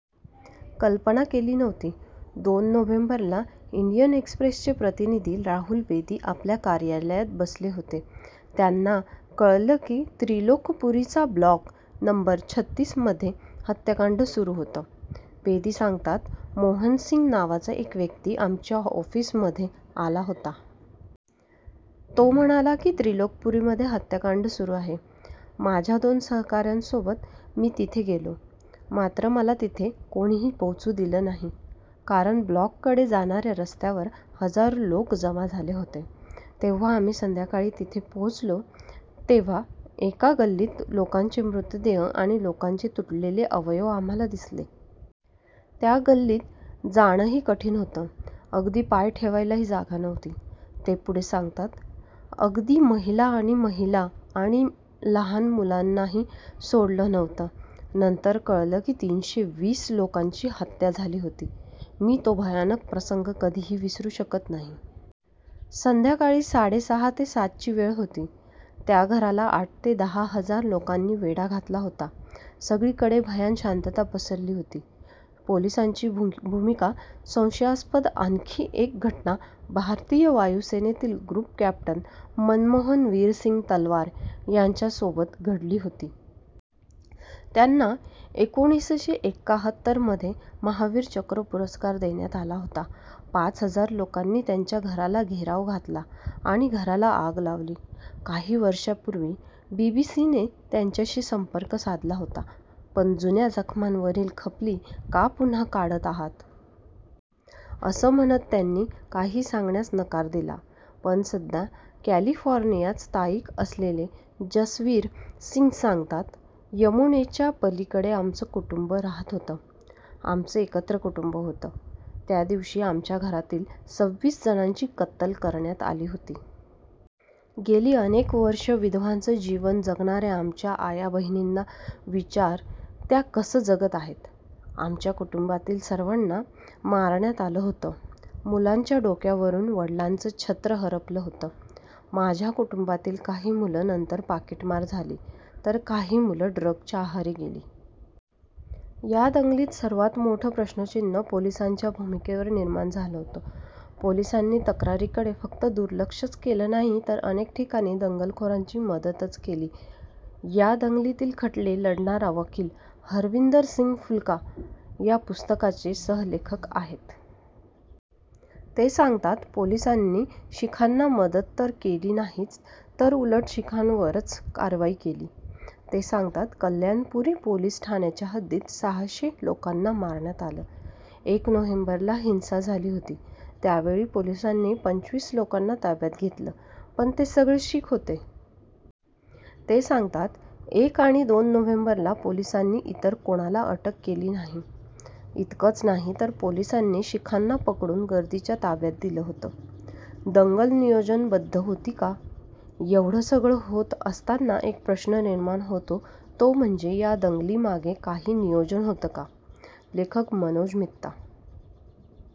कल्पना केली नव्हती. दोन नोव्हेंबरला इंडियन एक्सप्रेसचे प्रतिनिधी राहुल बेदी आपल्या कार्यालयात बसले होते. त्यांना कळलं की त्रिलोकपुरीच्या ब्लॉक नंबर बत्तीसमध्ये हत्याकांड सुरू होतं. बेदी सांगतात, मोहन सिंग नावाचा एक व्यक्ती आमच्या ऑफिसमध्ये आला होता. तो म्हणाला की त्रिलोकपुरीमध्ये हत्याकांड सुरू आहे. माझ्या दोन सहकाऱ्यांबरोबर मी तिथे गेलो. मात्र मला तिथे कोणीही पोहोचू दिलं नाही. कारण ब्लॉककडे जाणाऱ्या रस्त्यावर हजारो लोक जमा झाले होते. जेव्हा आम्ही संध्याकाळी तिथे पोहोचलो तेव्हा एका गल्लीत लोकांचे मृतदेह आणि लोकांचे तुटलेले अवयव आम्हाला दिसलं. त्या गल्लीत जाणंही कठीण होतं. अगदी पाय ठेवायलाही जागा नव्हती. ते पुढे सांगतात, अगदी महिला आणि महिला आणि लहान मुलांनाही सोडलं नव्हतं. नंतर कळलं की तीनशे वीस लोकांची हत्या झाली होती. मी तो भयानक प्रसंग कधीही विसरू शकत नाही. संध्याकाळी साडेसहा ते सातची वेळ होती. त्या घराला आठ ते दहा हजार लोकांनी वेढा घातला होता. सगळीकडे भयान शांतता पसरली होती. पोलिसांची भूमिका संशयास्पद आणखी एक घटना भारतीय वायुसेनेतील ग्रुप कॅप्टन मनमोहन वीरसिंग तलवार यांच्यासोबत घडली होती. त्यांना एकोणीसशे एकाहत्तरमध्ये महावीर चक्र पुरस्कार देण्यात आला होता. पाच हजार लोकांनी त्यांच्या घराला घेराव घातला आणि घराला आग लावली. काही वर्षांपूर्वी बीबीसीने त्यांच्याशी संपर्क साधला होता. पण जुन्या जखमांवरील खपली का पुन्हा काढत आहात? असं म्हणत त्यांनी काही सांगण्यास नकार दिला. पण सध्या कॅलिफोर्नियात स्थायिक असलेले जसवीर सिंग सांगतात, यमुनेच्या पलीकडे आमचं कुटुंब राहात होतं. आमचं एकत्र कुटुंब होतं. त्या दिवशी आमच्या घरातील सव्वीस जणांची कत्तल करण्यात आली होती. गेली अनेक वर्षं विधवांचं जीवन जगणाऱ्या आमच्या आयाबहिणींना विचार त्या कसं जगत आहेत? आमच्या कुटुंबातील सर्वांना मारण्यात आलं होतं. मुलांच्या डोक्यावरून वडिलांचं छत्र हरपलं होतं. माझ्या कुटुंबातील काही मुलं नंतर पाकीटमार झाली तर काही मुलं ड्रग्जच्या आहारी गेली. या दंगलीत सर्वांत मोठं प्रश्नचिन्ह पोलिसांच्या भूमिकेवर निर्माण झालं होतं. पोलिसांनी तक्रारींकडे फक्त दुलर्क्षचं केलं नाही तर अनेक ठिकाणी दंगलखोरांची मदतच केली. या दंगलीतील खटले लढणारे वकील हरविंदर सिंग फुल्का या पुस्तकाचे सहलेखक आहेत. ते सांगतात, पोलिसांनी शिखांना मदत तर केली नाहीच पण उलट शिखांवरच कारवाई केली. ते सांगतात, कल्याणपुरी पोलीस ठाण्याच्या हद्दीत सहाशे लोकांना मारण्यात आलं. एक नोव्हेंबरला हिंसा झाली होती. त्यावेळी पोलिसांनी पंचवीस लोकांना ताब्यात घेतलं पण ते सगळे शीख होते. ते सांगतात, एक आणि दोन नोव्हेंबरला पोलिसांनी इतर कुणाला अटक केली नाही. इतकंच नाही तर पोलिसांनी शिखांना पकडून गर्दीच्या ताब्यात दिलं होतं. दंगल नियोजनबद्ध होती का? एवढं सगळं होत असताना एक प्रश्न निर्माण होतो तो म्हणजे या दंगली मागे काही नियोजन होतं का? लेखक मनोज मित्ता